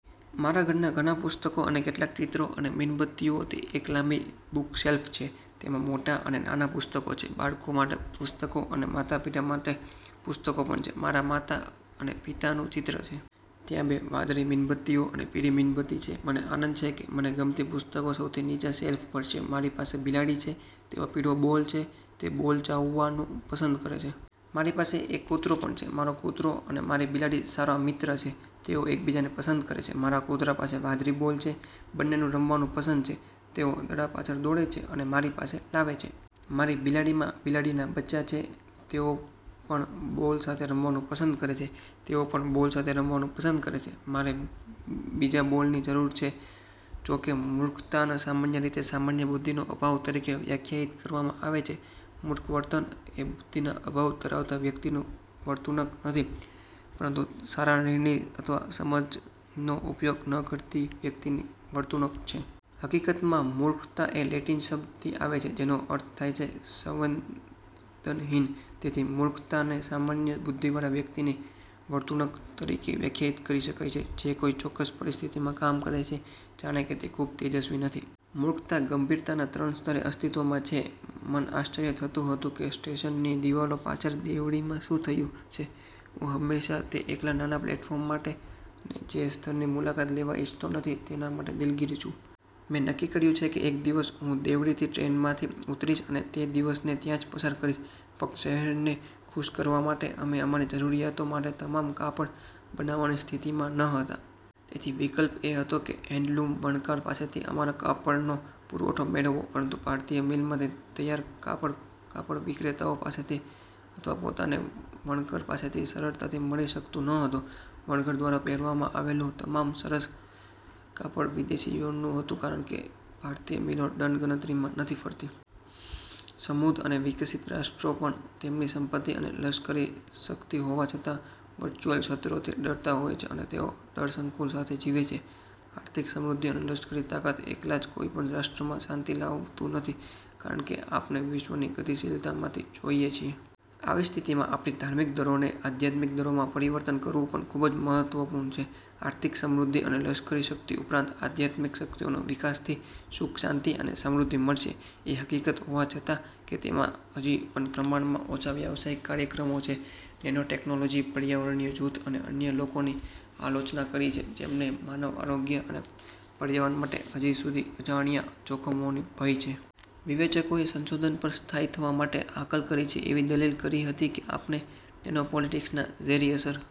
મારા ઘરના ઘણા પુસ્તકો અને કેટલાક ચિત્રો અને મીણબત્તીઓ. તે એક લાંબી બુકશેલ્ફ છે. તેમાં મોટા અને નાના પુસ્તકો છે. બાળકો માટે પુસ્તકો અને માતાપિતા માટે પુસ્તકો પણ છે. મારા માતા અને પિતાનું ચિત્ર છે. ત્યાં બે વાદળી મીણબત્તીઓ અને પીળી મીણબત્તી છે. મને આનંદ છે કે મને ગમતી પુસ્તકો સૌથી નીચા શેલ્ફ પર છે. મારી પાસે બિલાડી છે. તેમાં પીળો બોલ છે. તે બોલ ચાવવાનું પસંદ કરે છે. મારી પાસે એક કૂતરો પણ છે. મારો કૂતરો અને મારી બિલાડી સારા મિત્રો છે. તેઓ એકબીજાને પસંદ કરે છે. મારા કૂતરા પાસે વાદળી બોલ છે. બંનેને રમવાનું પસંદ છે. તેઓ દડા પાછળ દોડે છે અને મારી પાસે લાવે છે. મારી બિલાડીમાં બિલાડીના બચ્ચાં છે. તેઓ પણ બોલ સાથે રમવાનું પસંદ કરે છે. તેઓ પણ બોલ સાથે રમવાનું પસંદ કરે છે. મારે બીજા બોલની જરૂર છે. જોકે મૂર્ખતાને સામાન્ય રીતે 'સામાન્ય બુદ્ધિનો અભાવ' તરીકે વ્યાખ્યાયિત કરવામાં આવે છે, મૂર્ખ વર્તન એ બુદ્ધિમાં અભાવ ધરાવતા વ્યક્તિની વર્તણૂક નથી, પરંતુ સારા નિર્ણય અથવા સમજનો ઉપયોગ ન કરતી વ્યક્તિની વર્તણૂક છે. હકીકતમાં, મૂર્ખતા એ લેટિન શબ્દથી આવે છે જેનો અર્થ થાય છે 'સંવેદનહીન'. તેથી, મૂર્ખતાને સામાન્ય બુદ્ધિવાળા વ્યક્તિની વર્તણૂક તરીકે વ્યાખ્યાયિત કરી શકાય છે જે કોઈ ચોક્કસ પરિસ્થિતિમાં કામ કરે છે જાણે કે તે ખૂબ તેજસ્વી નથી. મૂર્ખતા ગંભીરતાના ત્રણ સ્તરે અસ્તિત્વમાં છે. મને આશ્ચર્ય થતું હતું કે સ્ટેશનની દિવાલો પાછળ દેવળીમાં શું થયું છે. હું હંમેશાં તે એકલા નાના પ્લેટફોર્મ માટે, અને જે સ્થળની મુલાકાત લેવા ઇચ્છતો નથી તેના માટે દિલગીર છું. મેં નક્કી કર્યું છે કે એક દિવસ હું દેવળીથી ટ્રેનમાંથી ઉતરીશ, અને તે દિવસને ત્યાં જ પસાર કરીશ, ફક્ત શહેરને ખુશ કરવા માટે. અમે અમારી જરૂરિયાતો માટે તમામ કાપડ બનાવવાની સ્થિતિમાં ન હતા. તેથી વિકલ્પ એ હતો કે હેન્ડલૂમ વણકરો પાસેથી અમારા કાપડનો પુરવઠો મેળવવો. પરંતુ ભારતીય મિલમાંથી તૈયાર કાપડ કાપડ વિક્રેતાઓ પાસેથી અથવા પોતાને વણકર પાસેથી સરળતાથી મળી શકતું ન હતું. વણકર દ્વારા પહેરવામાં આવેલું તમામ સરસ કાપડ વિદેશી યાર્નનું હતું, કારણ કે ભારતીય મિલો દંડ ગણતરીમાં નથી ફરતી. સમૃદ્ધ અને વિકસિત રાષ્ટ્રો પણ, તેમની સંપત્તિ અને લશ્કરી શક્તિ હોવા છતાં, વર્ચુઅલ શત્રુઓથી ડરતા હોય છે અને તેઓ ડર સંકુલ સાથે જીવે છે. આર્થિક સમૃદ્ધિ અને લશ્કરી તાકાત, એકલા જ કોઈપણ રાષ્ટ્રમાં શાંતિ લાવતું નથી, કારણ કે આપણે વિશ્વની ગતિશીલતામાંથી જોઈએ છીએ. આવી સ્થિતિમાં આપણી ધાર્મિક દળોને આધ્યાત્મિક દળોમાં પરિવર્તન કરવું પણ ખૂબ જ મહત્વપૂર્ણ છે. આર્થિક સમૃદ્ધિ અને લશ્કરી શક્તિ ઉપરાંત આધ્યાત્મિક શક્તિઓના વિકાસથી સુખ, શાંતિ અને સમૃદ્ધિ મળશે. એ હકીકત હોવા છતાં કે તેમાં હજી પણ પ્રમાણમાં ઓછા વ્યવસાયિક કાર્યક્રમો છે, નેનો ટેકનોલોજીએ પર્યાવરણીય જૂથો અને અન્ય લોકોની આલોચના કરી છે જેમને માનવ આરોગ્ય અને પર્યાવરણ માટે હજી સુધી અજાણ્યા જોખમોનો ભય છે. વિવેચકોએ સંશોધન પર સ્થાયી થવા માટે હાકલ કરી છે, એવી દલીલ કરી હતી કે આપણે નેનોપાર્ટિકલ્સના ઝેરી અસર